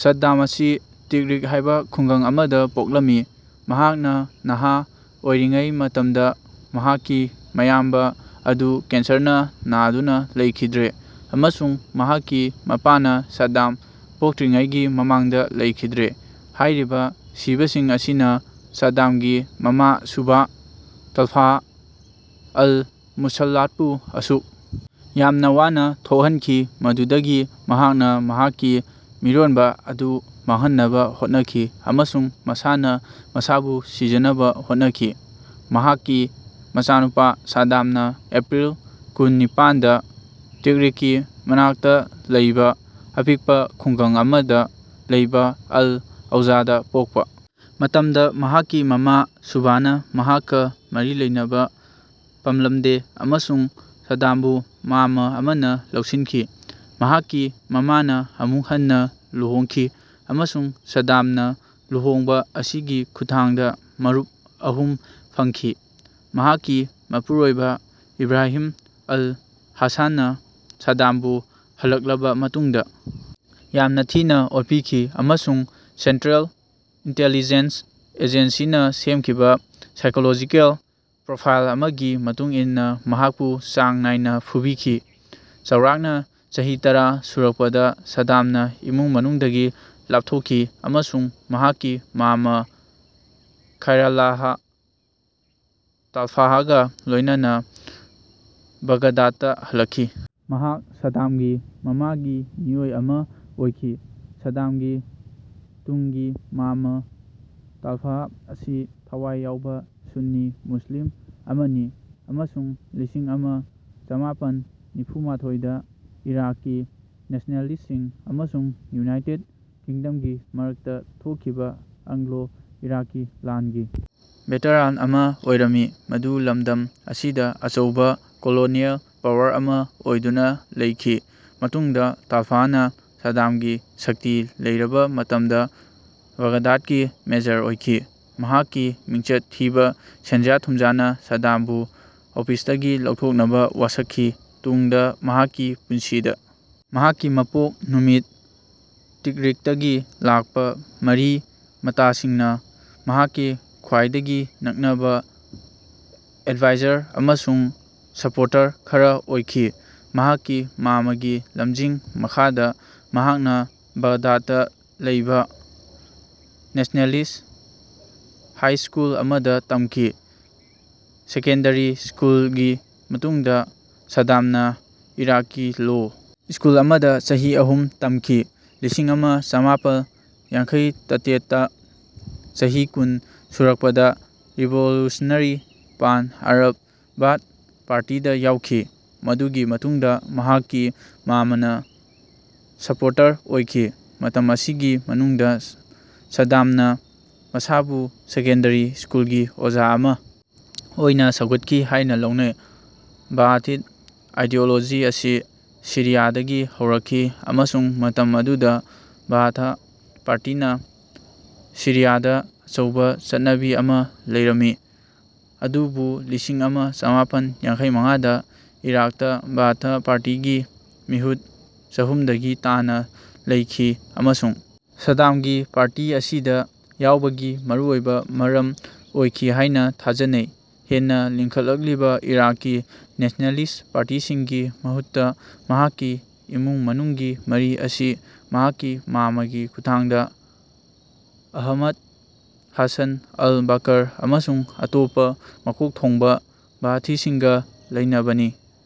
ꯁꯥꯗꯗꯥꯝ ꯑꯁꯤ ꯇꯤꯛꯔꯤꯛ ꯍꯥꯏꯕ ꯈꯨꯡꯒꯪ ꯑꯃꯗ ꯄꯣꯛꯂꯝꯃꯤ꯫ ꯃꯍꯥꯛꯅ ꯅꯍꯥ ꯑꯣꯏꯔꯤꯉꯩ ꯃꯇꯝꯗ ꯃꯍꯥꯛꯀꯤ ꯃꯌꯥꯝꯕ ꯑꯗꯨ ꯀꯦꯟꯁꯔꯅ ꯅꯥꯗꯨꯅ ꯂꯩꯈꯤꯗ꯭ꯔꯦ ꯑꯃꯁꯨꯡ ꯃꯍꯥꯛꯀꯤ ꯃꯄꯥꯥꯅ ꯁꯥꯗꯗꯥꯝ ꯄꯣꯛꯇ꯭ꯔꯤꯉꯩꯒꯤ ꯃꯃꯥꯡꯗ ꯂꯩꯈꯤꯗ꯭ꯔꯦ꯫ ꯍꯥꯏꯔꯤꯕ ꯁꯤꯕꯁꯤꯡ ꯑꯁꯤꯅ ꯁꯥꯗꯗꯥꯝꯒꯤ ꯃꯃꯥ ꯁꯨꯚꯥ ꯇꯜꯐꯥꯍ ꯑꯜ-ꯃꯨꯁꯜꯂꯥꯠꯄꯨ ꯑꯁꯨꯛ ꯌꯥꯝꯅ ꯋꯥꯅ ꯊꯣꯛꯍꯟꯈꯤ ꯃꯗꯨꯗꯒꯤ ꯃꯍꯥꯛꯅ ꯃꯍꯥꯛꯀꯤ ꯃꯤꯔꯣꯟꯕ ꯑꯗꯨ ꯃꯥꯡꯍꯟꯅꯕ ꯍꯣꯠꯅꯈꯤ ꯑꯃꯁꯨꯡ ꯃꯁꯥꯅ ꯃꯁꯥꯕꯨ ꯁꯤꯖꯅꯕ ꯍꯣꯠꯅꯈꯤ꯫ ꯃꯍꯥꯛꯀꯤ ꯃꯆꯥꯅꯨꯄ ꯁꯥꯗꯗꯥꯝꯅ ꯑꯦꯄ꯭ꯔꯤꯜ ꯀꯨꯟ - ꯅꯤꯄꯥꯟꯗ ꯇꯤꯛꯔꯤꯠꯀꯤ ꯃꯅꯥꯛꯇ ꯂꯩꯕ ꯑꯄꯤꯛꯄ ꯈꯨꯡꯒꯪ ꯑꯃꯗ ꯂꯩꯕ ꯑꯜ - ꯑꯧꯖꯥꯗ ꯄꯣꯛꯄ ꯃꯇꯝꯗ ꯃꯍꯥꯛꯀꯤ ꯃꯃꯥ ꯁꯨꯚꯥꯅ ꯃꯍꯥꯛꯀ ꯃꯔꯤ ꯂꯩꯅꯕ ꯄꯝꯂꯝꯗꯦ ꯑꯃꯁꯨꯡ ꯁꯥꯗꯗꯥꯝꯕꯨ ꯃꯥꯝꯃ ꯑꯃꯅ ꯂꯧꯁꯤꯟꯈꯤ꯫ ꯃꯍꯥꯛꯀꯤ ꯃꯃꯥꯅ ꯑꯃꯨꯛ ꯍꯟꯅ ꯂꯨꯍꯣꯡꯈꯤ ꯑꯃꯁꯨꯡ ꯁꯥꯗꯗꯥꯝꯅ ꯂꯨꯍꯣꯡꯕ ꯑꯁꯤꯒꯤ ꯈꯨꯠꯊꯥꯡꯗ ꯃꯔꯨꯞ ꯑꯍꯨꯝ ꯐꯪꯈꯤ꯫ ꯃꯍꯥꯛꯀꯤ ꯃꯄꯨꯔꯣꯏꯕ ꯏꯕ꯭ꯔꯥꯍꯤꯝ ꯑꯜ-ꯍꯥꯁꯥꯟꯅ ꯁꯥꯗꯗꯥꯝꯕꯨ ꯍꯜꯂꯛꯂꯕ ꯃꯇꯨꯡꯗ ꯌꯥꯝꯅ ꯊꯤꯅ ꯑꯣꯠꯄꯤꯈꯤ ꯑꯃꯁꯨꯡ ꯁꯦꯟꯇ꯭ꯔꯦꯜ ꯏꯟꯇꯦꯜꯂꯤꯖꯦꯟꯁ ꯑꯖꯦꯟꯁꯤꯅ ꯁꯦꯝꯈꯤꯕ ꯁꯥꯏꯀꯣꯂꯣꯖꯤꯀꯦꯜ ꯄ꯭ꯔꯣꯐꯥꯏꯜ ꯑꯃꯒꯤ ꯃꯇꯨꯡ ꯏꯟꯅ ꯃꯍꯥꯛꯄꯨ ꯆꯥꯡ ꯅꯥꯏꯅ ꯐꯨꯕꯤꯈꯤ꯫ ꯆꯥꯎꯔꯥꯛꯅ ꯆꯍꯤ ꯇꯔꯥ ꯁꯨꯔꯛꯄꯗ ꯁꯥꯗꯗꯥꯝꯅ ꯏꯃꯨꯡ ꯃꯅꯨꯡꯗꯒꯤ ꯂꯥꯞꯊꯣꯛꯈꯤ ꯑꯃꯁꯨꯡ ꯃꯍꯥꯛꯀꯤ ꯃꯥꯝꯃ ꯈꯥꯏꯔꯥꯜꯂꯥꯍ ꯇꯥꯜꯐꯥꯍꯒ ꯂꯣꯏꯅꯅ ꯕꯥꯒꯗꯥꯗꯇ ꯍꯜꯂꯛꯈꯤ꯫ ꯃꯍꯥꯛ ꯁꯥꯗꯗꯥꯝꯒꯤ ꯃꯃꯥꯒꯤ ꯃꯤꯑꯣꯏ ꯑꯃ ꯑꯣꯏꯈꯤ꯫ ꯁꯥꯗꯗꯥꯝꯒꯤ ꯇꯨꯡꯒꯤ ꯃꯥꯝꯃ ꯇꯥꯂꯐꯥꯍ ꯑꯁꯤ ꯊꯋꯥꯏ ꯌꯥꯎꯕ ꯁꯨꯟꯅꯤ ꯃꯨꯁ꯭ꯂꯤꯝ ꯑꯃꯅꯤ ꯑꯃꯁꯨꯡ ꯂꯤꯁꯤꯡ ꯑꯃ ꯆꯃꯥꯄꯟ ꯅꯤꯐꯨ - ꯃꯥꯊꯣꯏꯗ ꯏꯔꯥꯛꯀꯤ ꯅꯦꯁ꯭ꯅꯦꯂꯤꯁ꯭ꯇꯁꯤꯡ ꯑꯃꯁꯨꯡ ꯌꯨꯅꯥꯏꯇꯦꯗ ꯀꯤꯡꯗꯝꯒꯤ ꯃꯔꯛꯇ ꯊꯣꯛꯈꯤꯕ ꯑꯪꯒ꯭ꯂꯣ ꯏꯔꯥꯛꯀꯤ ꯂꯥꯟꯒꯤ ꯚꯦꯇꯔꯥꯟ ꯑꯃ ꯑꯣꯏꯔꯝꯃꯤ꯫ ꯃꯗꯨ ꯂꯝꯗꯝ ꯑꯁꯤꯗ ꯑꯆꯧꯕ ꯀꯣꯂꯣꯅꯤꯑꯦꯜ ꯄꯥꯋꯔ ꯑꯃ ꯑꯣꯏꯗꯨꯅ ꯂꯩꯈꯤ꯫ ꯃꯇꯨꯡꯗ ꯇꯥꯂꯐꯥꯍꯅ ꯁꯥꯗꯗꯥꯝꯒꯤ ꯁꯛꯇꯤ ꯂꯩꯔꯕ ꯃꯇꯝꯗ ꯕꯥꯒꯗꯥꯗꯀꯤ ꯃꯦꯌꯔ ꯑꯣꯏꯈꯤ꯫ ꯃꯍꯥꯛꯀꯤ ꯃꯤꯡꯆꯠ ꯊꯤꯕ ꯁꯦꯟꯖꯥ ꯊꯨꯝꯖꯥꯅ ꯁꯥꯗꯗꯥꯝꯕꯨ ꯑꯣꯐꯤꯁꯇꯒꯤ ꯂꯧꯊꯣꯛꯅꯕ ꯋꯥꯁꯛꯈꯤ꯫ ꯇꯨꯡꯗ ꯃꯍꯥꯛꯀꯤ ꯄꯨꯟꯁꯤꯗ ꯃꯍꯥꯛꯀꯤ ꯃꯄꯣꯛ ꯅꯨꯃꯤꯠ ꯇꯤꯛꯔꯤꯠꯇꯒꯤ ꯂꯥꯛꯄ ꯃꯔꯤ ꯃꯇꯥꯁꯤꯡꯅ ꯃꯍꯥꯛꯀꯤ ꯈ꯭ꯋꯥꯏꯗꯒꯤ ꯅꯛꯅꯕ ꯑꯦꯗꯚꯥꯏꯖꯔ ꯑꯃꯁꯨꯡ ꯁꯄꯣꯔꯇꯔ ꯈꯔ ꯑꯣꯏꯈꯤ꯫ ꯃꯍꯥꯛꯀꯤ ꯃꯥꯝꯃꯒꯤ ꯂꯝꯖꯤꯡ ꯃꯈꯥꯗ ꯃꯍꯥꯛꯅ ꯕꯥꯒꯗꯥꯗꯇ ꯂꯩꯕ ꯅꯦꯁ꯭ꯅꯦꯂꯤꯁ꯭ꯠ ꯍꯥꯏ ꯁ꯭ꯀꯨꯜ ꯑꯃꯗ ꯇꯝꯈꯤ꯫ ꯁꯦꯀꯦꯟꯗꯔꯤ ꯁ꯭ꯀꯨꯂꯒꯤ ꯃꯇꯨꯡꯗ ꯁꯥꯗꯗꯥꯝꯅ ꯏꯔꯥꯛꯀꯤ ꯂꯣ ꯁ꯭ꯀꯨꯜ ꯑꯃꯗ ꯆꯍꯤ ꯑꯍꯨꯝ ꯇꯝꯈꯤ꯫ ꯂꯤꯁꯤꯡ ꯑꯃ ꯆꯃꯥꯄꯜ ꯌꯥꯡꯈꯩꯇꯇꯦꯠꯇ ꯆꯍꯤ ꯀꯨꯟ ꯁꯨꯔꯛꯄꯗ ꯔꯤꯚꯣꯂꯨꯁꯅꯔꯤ ꯄꯥꯟ ꯑꯔꯕ ꯕꯥꯊ ꯄꯥꯔꯇꯤꯗ ꯌꯥꯎꯈꯤ꯫ ꯃꯗꯨꯒꯤ ꯃꯇꯨꯡꯗ ꯃꯍꯥꯛꯀꯤ ꯃꯥꯝꯃꯅ ꯁꯄꯣꯔꯇꯔ ꯑꯣꯏꯈꯤ꯫ ꯃꯇꯝ ꯑꯁꯤꯒꯤ ꯃꯅꯨꯡꯗ ꯁꯥꯗꯗꯥꯝꯅ ꯃꯁꯥꯕꯨ ꯁꯦꯀꯦꯟꯗꯔꯤ ꯁ꯭ꯀꯨꯜꯒꯤ ꯑꯣꯖꯥ ꯑꯃ ꯑꯣꯏꯅ ꯁꯧꯒꯠꯈꯤ ꯍꯥꯏꯅ ꯂꯧꯅꯩ꯫ ꯕꯥꯑꯥꯊꯤꯁ꯭ꯠ ꯑꯥꯏꯗꯤꯑꯣꯂꯣꯖꯤ ꯑꯁꯤ ꯁꯤꯔꯤꯌꯥꯗꯒꯤ ꯍꯧꯔꯛꯈꯤ ꯑꯃꯁꯨꯡ ꯃꯇꯝ ꯑꯗꯨꯗ ꯕꯥꯑꯥꯊ ꯄꯥꯔꯇꯤꯅ ꯁꯤꯔꯤꯌꯥꯗ ꯑꯆꯧꯕ ꯆꯠꯅꯕꯤ ꯑꯃ ꯂꯩꯔꯝꯃꯤ, ꯑꯗꯨꯕꯨ ꯂꯤꯁꯤꯡ ꯑꯃ ꯆꯃꯥꯄꯟ ꯌꯥꯡꯈꯩ ꯃꯉꯥꯗ ꯏꯔꯥꯛꯇ ꯕꯥꯑꯥꯊ ꯄꯥꯔꯇꯤꯒꯤ ꯃꯤꯍꯨꯠ ꯆꯍꯨꯝꯗꯒꯤ ꯇꯥꯅ ꯂꯩꯈꯤ ꯑꯃꯁꯨꯡ ꯁꯥꯗꯗꯥꯝꯒꯤ ꯄꯥꯔꯇꯤ ꯑꯁꯤꯗ ꯌꯥꯎꯕꯒꯤ ꯃꯔꯨꯑꯣꯏꯕ ꯃꯔꯝ ꯑꯣꯏꯈꯤ ꯍꯥꯏꯅ ꯊꯥꯖꯅꯩ꯫ ꯍꯦꯟꯅ ꯂꯤꯡꯈꯠꯂꯛꯂꯤꯕ ꯏꯔꯥꯛꯀꯤ ꯅꯦꯁ꯭ꯅꯦꯂꯤꯁ꯭ꯠ ꯄꯥꯔꯇꯤꯁꯤꯡꯒꯤ ꯃꯍꯨꯠꯇ ꯃꯍꯥꯛꯀꯤ ꯏꯃꯨꯡ ꯃꯅꯨꯡꯒꯤ ꯃꯔꯤ ꯑꯁꯤ ꯃꯍꯥꯛꯀꯤ ꯃꯥꯝꯃꯒꯤ ꯈꯨꯠꯊꯥꯡꯗ ꯑꯍꯃꯗ ꯍꯥꯁꯥꯟ ꯑꯜ-ꯕꯀꯔ ꯑꯃꯁꯨꯡ ꯑꯇꯣꯞꯄ ꯃꯀꯣꯛ ꯊꯣꯡꯕ ꯕꯥꯑꯊꯤꯁꯤꯡꯒ ꯂꯩꯅꯕꯅꯤ꯫